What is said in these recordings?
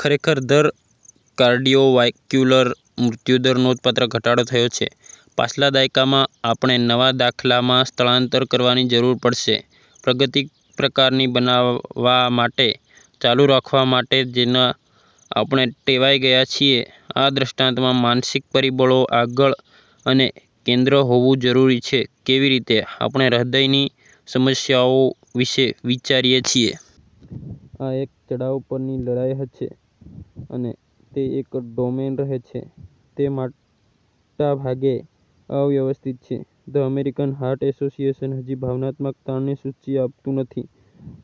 ખરેખર દર કાર્ડિયોવાસ્ક્યુલર મૃત્યુદર નોંધપાત્ર ઘટાડો થયો છે પાછલા દાયકામાં. આપણે નવા દાખલામાં સ્થળાંતર કરવાની જરૂર પડશે પ્રગતિ પ્રકારની બનાવવા માટે, ચાલુ રાખવા માટે જેનો આપણે ટેવાઈ ગયા છીએ. આ દૃષ્ટાંતમાં માનસિક પરિબળો આગળ અને કેન્દ્ર હોવું જરૂરી છે કેવી રીતે આપણે હૃદયની સમસ્યાઓ વિશે વિચારીએ છીએ. આ એક ચડાવ પરની લડાઇ હશે અને તે એક ડોમેન રહે છે તે મોટે ભાગે અવ્યવસ્થિત છે. ધ અમેરિકન હાર્ટ એસોસિએશન હજી ભાવનાત્મક તાણની સૂચિ આપતું નથી.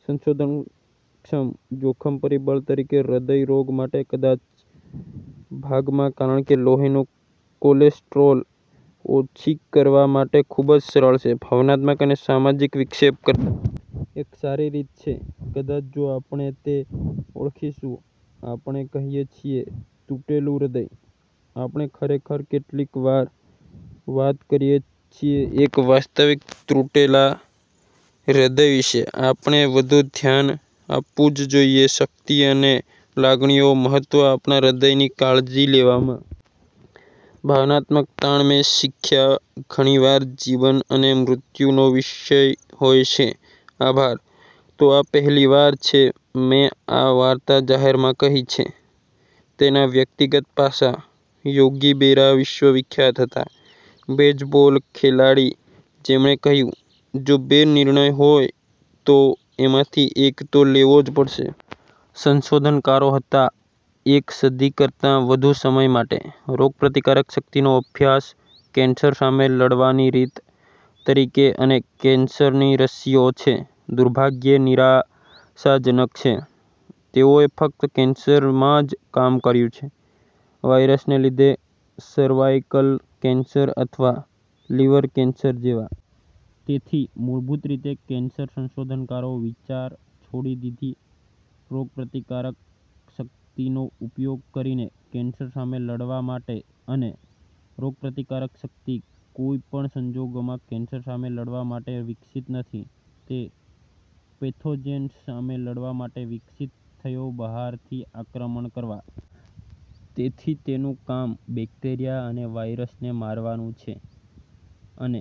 સંશોધનક્ષમ જોખમ પરિબળ તરીકે હૃદય રોગ માટે કદાચ ભાગમાં કારણ કે લોહીનું કોલેસ્ટરોલ ઓછી કરવા માટે ખૂબ સરળ છે ભાવનાત્મક અને સામાજિક વિક્ષેપ કરતાં. એક સારી રીત છે. કદાચ જો આપણે તે ઓળખીશું આપણે કહીએ છીએ "તૂટેલા હૃદય". આપણે ખરેખર કેટલીક વાર વાત કરીએ છીએ એક વાસ્તવિક તૂટેલા હૃદય વિશે. આપણે વધુ ધ્યાન આપવું જ જોઇએ શક્તિ અને લાગણીઓ મહત્વ આપણા હૃદયની કાળજી લેવામાં. ભાવનાત્મક તાણ મેં શીખ્યા ઘણીવાર જીવન અને મૃત્યુનો વિષય હોય છે. આભાર. તો આ પહેલીવાર છે મેં આ વાર્તા જાહેરમાં કહી છે. તેના વ્યક્તિગત પાસાં. યોગી બેરા વિશ્વવિખ્યાત હતા બેઝબોલ ખેલાડી જેમણે કહ્યું, "જો બે નિર્ણય હોય તો એમાંથી એક તો લેવો જ પડશે". સંશોધનકારો હતા એક સદી કરતાં વધુ સમય માટે. રોગપ્રતિકારક શક્તિનો અભ્યાસ કેન્સર સામે લડવાની રીત તરીકે અને કેન્સરની રસીઓ છે, દુર્ભાગ્યે, નિરાશાજનક છે. તેઓએ ફક્ત કેન્સરમાં જ કામ કર્યું છે વાયરસને લીધે સર્વાઇકલ કેન્સર અથવા લીવર કેન્સર જેવા. તેથી મૂળભૂત રીતે કેન્સર સંશોધનકારો વિચાર છોડી દીધી રોગપ્રતિકારક શક્તિનો ઉપયોગ કરીને કેન્સર સામે લડવા માટે. અને રોગપ્રતિકારક શક્તિ કોઈ પણ સંજોગોમાં કેન્સર સામે લડવા માટે વિકસિત નથી. તે પેથોજેન્સ સામે લડવા માટે વિકસિત થયો બહારથી આક્રમણ કરવા. તેથી તેનું કામ બેક્ટેરિયા અને વાયરસને મારવાનું છે. અને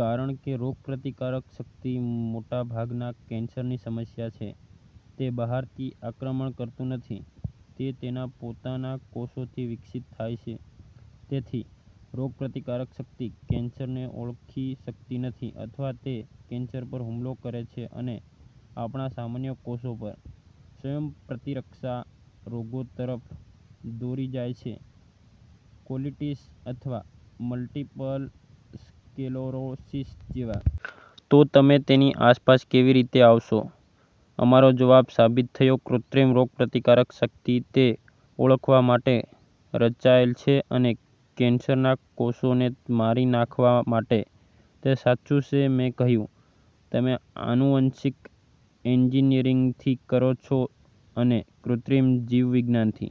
કારણ કે રોગપ્રતિકારક શક્તિ મોટા ભાગના કેન્સરની સમસ્યા છે, તે બહારથી આક્રમણ કરતું નથી. તે તેના પોતાના કોષોથી વિકસિત થાય છે. તેથી રોગપ્રતિકારક શક્તિ કેન્સરને ઓળખી સકતી નથી અથવા તે કેન્સર પર હુમલો કરે છે અને આપણા સામાન્ય કોષો પર, સ્વયંપ્રતિરક્ષા રોગો તરફ દોરી જાય છે કોલિટીસ અથવા મલ્ટીપલ સ્ક્લેરોસિસ જેવા. તો તમે તેની આસપાસ કેવી રીતે આવશો? અમારો જવાબ સાબિત થયો કૃત્રિમ રોગપ્રતિકારક શક્તિ તે ઓળખવા માટે રચાયેલ છે અને કેન્સરના કોષોને મારી નાખવા માટે. તે સાચું છે મેં કહ્યું. તમે આનુવંશિક એન્જિનિયરિંગથી કરો છો અને કૃત્રિમ જીવવિજ્ઞાન થી.